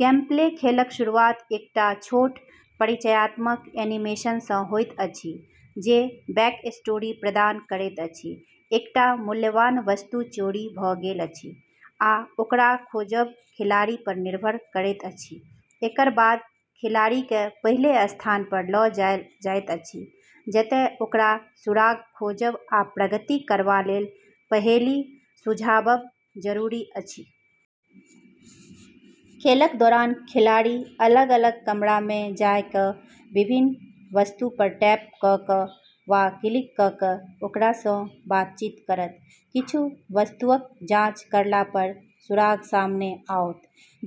Gameplay: खेलक शुरुआत एकटा छोट परिचयात्मक एनीमेशन सँ होइत अछि जे बैकस्टोरी प्रदान करैत अछि: एकटा मूल्यवान वस्तु चोरी भ’ गेल अछि, आ ओकरा खोजब खिलाड़ी पर निर्भर करैत अछि। एकर बाद खिलाड़ीकेँ पहिल स्थान पर ल’ जायल जाइत अछि, जतए ओकरा सुराग खोजब आ प्रगति करबा लेल पहेली सुलझाबब जरूरी अछि। खेलक दौरान खिलाड़ी अलग-अलग कमरामे जाय क’ विभिन्न वस्तु पर टैप क’ क’ वा क्लिक क’ क’ ओकरा सँ बातचीत करत। किछु वस्तुअक जांच करला पर सुराग सामने आओत,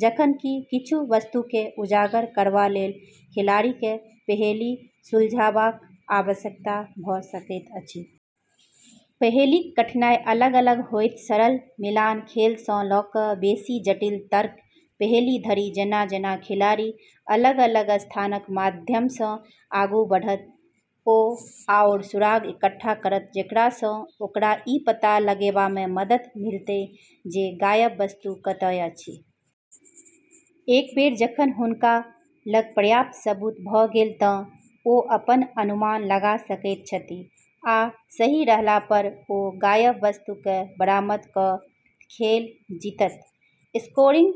जखन कि किछु वस्तुकेँ उजागर करबा लेल खिलाड़ीकेँ पहेली सुलझाबाक आवश्यकता भ’ सकैत अछि। पहेलीक कठिनाई अलग-अलग होयत, सरल मिलान खेल सँ ल’ क’ बेसी जटिल तर्क पहेली धरि। जेना-जेना खिलाड़ी अलग-अलग स्थानक माध्यम सँ आगू बढ़त, ओ आओर सुराग इकट्ठा करत जेकरा सँ ओकरा ई पता लगाएबमे मदद मिलत जे गायब वस्तु कतए अछि। एक बेर जखन हुनका लग पर्याप्त सबूत भ’ गेल तँ ओ अपन अनुमान लगा सकैत छथि आ सही रहला पर ओ गायब वस्तुकेँ बरामद क’ खेल जीतत। स्कोरिंग: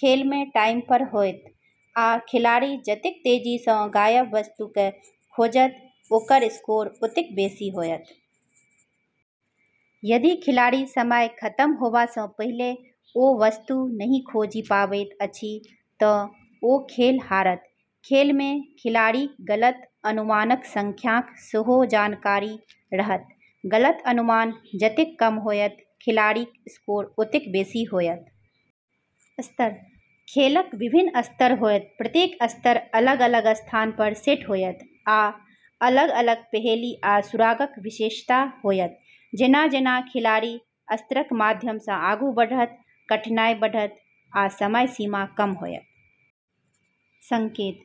खेलमे टाइमर होयत, आ खिलाड़ी जतेक तेजी सँ गायब वस्तुकेँ खोजत, ओकर स्कोर ओतेक बेसी होयत। यदि खिलाड़ी समय खतम होबा सँ पहिले ओ वस्तु नहि खोजि पाबैत अछि तँ ओ खेल हारत। खेलमे खिलाड़ीक गलत अनुमानक संख्याक सेहो जानकारी रहत; गलत अनुमान जतेक कम होयत, खिलाड़ीक स्कोर ओतेक बेसी होयत। स्तर: खेलक विभिन्न स्तर होयत प्रत्येक स्तर अलग-अलग स्थान पर सेट होयत आ अलग-अलग पहेली आ सुरागक विशेषता होयत। जेना-जेना खिलाड़ी स्तरक माध्यम सँ आगू बढ़त, कठिनाई बढ़त, आ समय सीमा कम होयत। संकेत: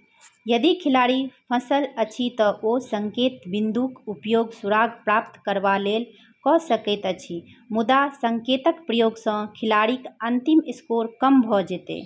यदि खिलाड़ी फंसल अछि तँ ओ संकेत बिन्दुक उपयोग सुराग प्राप्त करबा लेल क’ सकैत अछि। मुदा संकेतक प्रयोग सँ खिलाड़ीक अंतिम स्कोर कम भ’ जेतै।